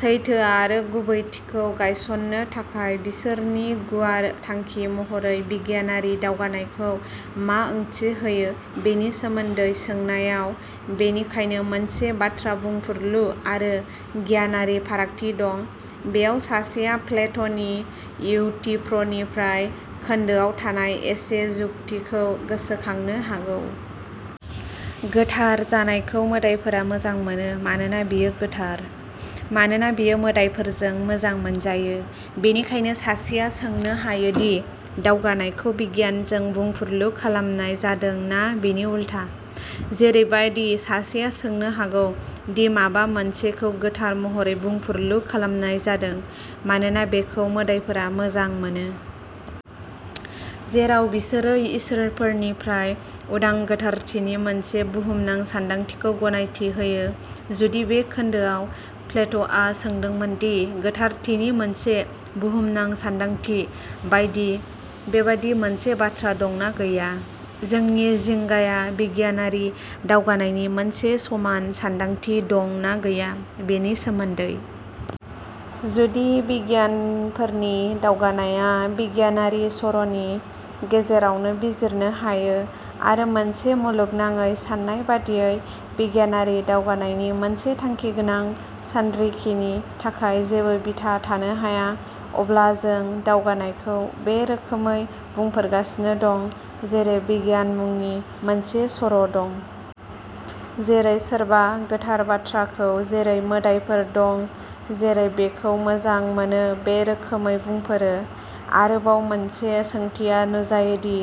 सैथो आरो गुबैथिखौ गायसननो थाखाय बिसोरनि गुवार थांखि महरै बिगियानारि दावगानायखौ मा ओंथि होयो बेनि सोमोनदै सोंनायाव बेनिखायनो मोनसे बाथ्रा बुंफुरलु आरो गियानारि फारागथि दं। बेयाव सासेया प्लेट'नि इउथिफ्रनिफ्राय खोनदोआव थानाय एखे जुक्तिखौ गोसोखांनो हागौ। गोथार जानायखौ मोदाइफोरा मोजां मोनो मानोना बेयो गोथार। मानोना बेयो मोदाइफोरजों मोजां मोनजायो? बेनिखायनो सासेया सोंनो हायो दि दावगानायखौ बिगियानजों बुंफुरलु खालामनाय जादों ना बिनि उलथा। जेरैबादि सासेया सोंनो हागौ दि माबा मोनसेखौ गोथार महरै बुंफुरलु खालामनाय जादों मानोना बेखौ मोदाइफोरा मोजां मोनो। जेराव बिसोरो इसोरफोरनिफ्राय उदां गोथारथिनि मोनसे बुहुमनां सानदांथिखौ गनायथि होयो। जुदि बे खोनदोआव प्लेट'आ सोंदोंमोन दि गोथारथिनि मोनसे बुहुमनां सानदांथि बायदि बेबादि मोनसे बाथ्रा दं ना गैया? जोंनि जिंगाया बिगियानारि दावगानायनि मोनसे समान सानदांथि दं ना गैया बेनि सोमोनदै? जुदि बिगियानफोरनि दावगानायआ बिगियानारि सर'नि गेजेरावनो बिजिरनो हायो आरो मोनसे मुलुगनाङै साननाय बादियै बिगियानारि दावगानायनि मोनसे थांखिगोनां सानरिखिनि थाखाय जेबो बिथा थानो हाया। अब्ला जों दावगानायखौ बे रोखोमै बुंफोरगासिनो दं जेरै बिगियान मुंनि मोनसे सर'दं। जेरै सोरबा गोथार बाथ्राखौ जेरै मोदाइफोर दं जेरै बेखौ मोजां मोनो बे रोखोमै बुंफोरो। आरोबाव मोनसे सोंथिया नुजायो दि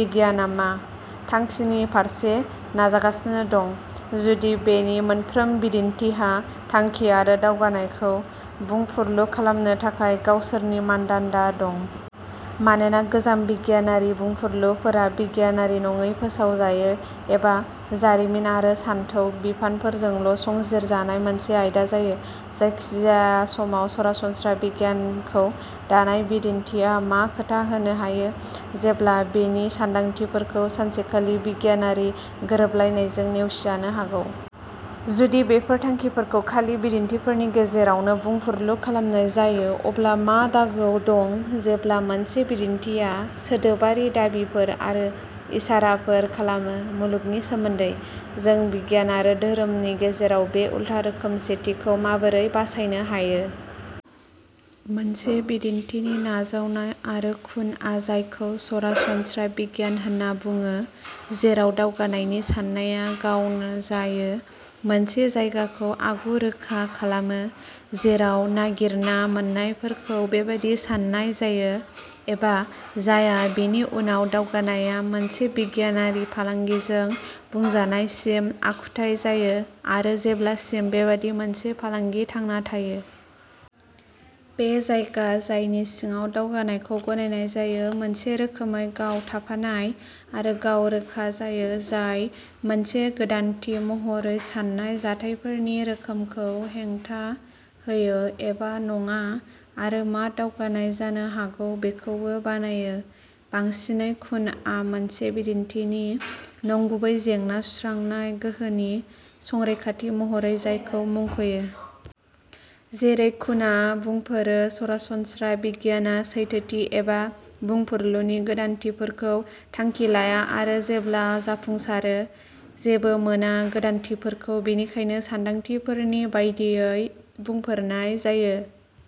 बिगियानआ मा थांखिनि फारसे नाजागासिनो दं। जुदि बेनि मोनफ्रोम बिदिनथिहा थांखि आरो दावगानायखौ बुंफुरलु खालामनो थाखाय गावसोरनि मानदान्दा दं। मानोना गोजाम बिगियानारि बुंफुरलुफोरा बिगियानारि नङि फोसावजायो एबा जारिमिन आरो सानथौ बिफानफोरजोंल' संजिरजानाय मोनसे आयदा जायो। जायखिजाया समाव सरासनस्रा बिगियानखौ दानाय बिदिनथिआ मा खोथा होनो हायो। जेब्ला बेनि सान्दांथिफोरखौ सानसेखालि बिगियानारि गोरोबलायनायजों नेवसिजानो हागौ। जुदि बेफोर थांखिफोरखौ खालि बिदिनथिफोरनि गेजेरावनो बुंफुरलु खालामनाय जायो अब्ला मा दागोआव दं जेब्ला मोनसे बिदिनथिया सोदोबारि दाबिफोर आरो इसाराफोर खालामो मुलुगनि सोमोन्दै। जों बिगियान आरो धोरोमनि गेजेराव बे उल्था रोखोमसेथिखौ माबोरै बासायनो हायो? मोनसे बिदिन्थिनि नाजावनाय आरो कुनआ जायखौ सरासनस्रा बिगियान होनना बुङो जेराव दावगानायनि साननाया गावनो जायो मोनसे जायगाखौ आगु रोखा खालामो। जेराव नागिरना मोन्नायफोरखौ बेबादि सान्नाय जायो एबा जाया बेनि उनाव दावगानायआ मोनसे बिगियानारि फालांगिजों बुंजानायसिम आखुथाय जायो आरो जेब्लासिम बेबादि मोनसे फालांगि थांना थायो। बे जायगा जायनि सिङाव दावगानायखौ गनायनाय जायो। मोनसे रोखोमै गाव थाफानाय आरो गाव रोखा जायो। जाय मोनसे गोदानथि महरै सान्नाय जाथायफोरनि रोखोमखौ हेंथा होयो एबा नङा आरो मा दावगानाय जानो हागौ बेखौबो बानायो बांसिनै कुनआ मोनसे बिदिन्थिनि नंगुबै जेंना सुस्रांनाय गोहोनि संरैखाथि महरै जायखौ मुंख'यो। जेरै कुना बुंफोरो सरासनस्रा बिगियानआ सैथोथि एबा बुंफुरलुनि गोदानथिफोरखौ थांखि लाया आरो जेब्ला जाफुंसारो जेबो मोना गोदानथिफोरखौ बेनिखायनो सानदांथिफोरनि बायदियै बुंफोरनाय जायो।